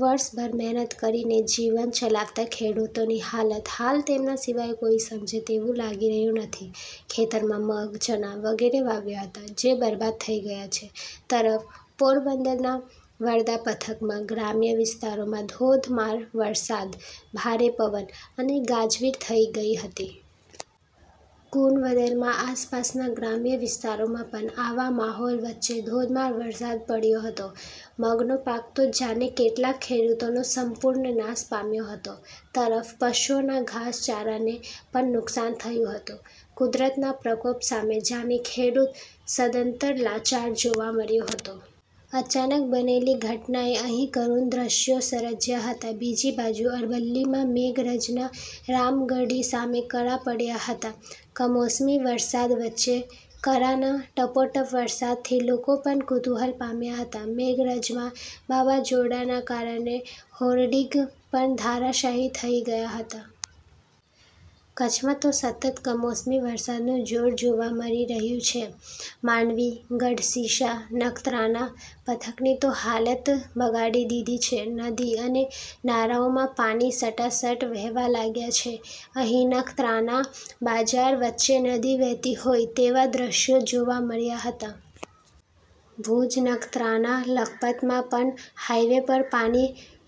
વર્ષભર મહેનત કરીને જીવન ચલાવતા ખેડૂતોની હાલત હાલ તેમના સિવાય કોઈ સમજે તેવું લાગી રહ્યું નથી. ખેતરમાં મગ, ચણા વગેરે વાવ્યા હતા જે બરબાદ થઈ ગયા છે. તરફ પોરબંદરના બરડા પંથકમાં ગ્રામ્ય વિસ્તારોમાં ધોધમાર વરસાદ, ભારે પવન અને ગાજવીજ થઈ ગઈ હતી. કુણવદરમાં આસપાસના ગ્રામ્ય વિસ્તારોમાં પણ આવા માહોલ વચ્ચેધોધમાર વરસાદ પડ્યો હતો. મગનો પાક તો જાણે કેટલાક ખેડૂતોનો સંપૂર્ણ નાશ પામ્યો હતો. તરફ પશુઓના ઘાસચારાને પણ નુકસાન થયું હતું. કુદરતના પ્રકોપ સામે જાણે ખેડૂત સદંતર લાચાર જોવા મળ્યો હતો. અચાનક બનેલીઘટનાએ અહીં કરુણ દ્રષ્યો સર્જ્યા હતા. બીજી બાજુ અરવલ્લીમાં મેઘરજના રામગઢી ગામે કરા પડ્યા હતા. કમોસમી વરસાદ વચ્ચે કરાના ટપોટપ વરસાદથી લોકો પણ કુતુહલ પામ્યા હતા. મેઘરજમાં વાવાઝોડાના કારણે હોર્ડિંગ પણ ધરાશાયી થઈ ગયા હતા. કચ્છમાં તો સતત કમોસમી વરસાદનું જોર જોવા મળી રહ્યું છે. માંડવી, ગઢશીશા, નખત્રાણા પંથકની તો હાલતબગાડી દીધી છે. નદી અને નાળાઓમાં પાણી સટાસટ વહેવા લાગ્યા છે. અહીં નખત્રાણા બજાર વચ્ચેનદી વહેતી હોય તેવા દ્રષ્યો જોવા મળ્યા હતા. ભૂજ, નખત્રાણા, લખપતમાં પણ હાઈવે પર પાણી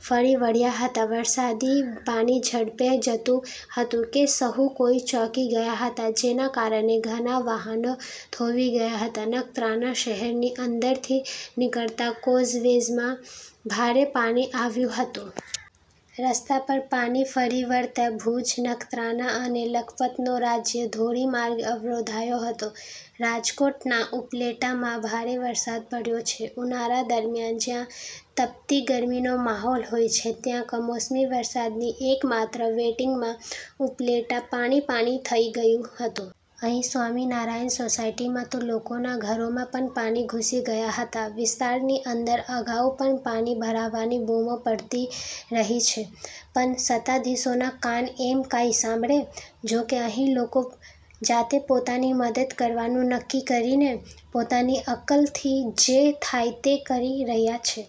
ફરી વળ્યા હતા. વરસાદી પાણીઝડપે જતું હતું કે સહુ કોઈ ચોંકી ગયા હતા. જેના કારણે ઘણા વાહનો થોભી ગયા હતા. નખત્રાણા શહેરની અંદરથી નીકળતા કોઝવેમાં ભારે પાણી આવ્યું હતું. રસ્તા પર પાણી ફરી વળતા ભુજ, નખત્રાણા અને લખપતનો રાજ્ય ધોરીમાર્ગ અવરોધાયો હતો. રાજકોટના ઉપલેટામાં ભારે વરસાદ પડ્યો છે. ઉનાળા દરમિયાન જ્યાં તપતી ગરમીનો માહોલ હોય છે ત્યાં કમોસમી વરસાદની એક માત્ર બેટિંગમાંઉપલેટા પાણી પાણી થઈ ગયું હતું. અહીં સ્વામિનારાયણ સોસાયટીમાં તો લોકોના ઘરોમાં પણ પાણી ઘૂસી ગયા હતા. વિસ્તારની અંદર અગાઉ પણ પાણી ભરાવાની બુમો પડતી રહી છે પણ સત્તાધિશોના કાન એમ કાંઈ સાંભળે? જોકે અહીં લોકો જાતેપોતાની મદદ કરવાનું નક્કી કરીને પોતાની અક્કલથી જે થાય તે કરી રહ્યા છે.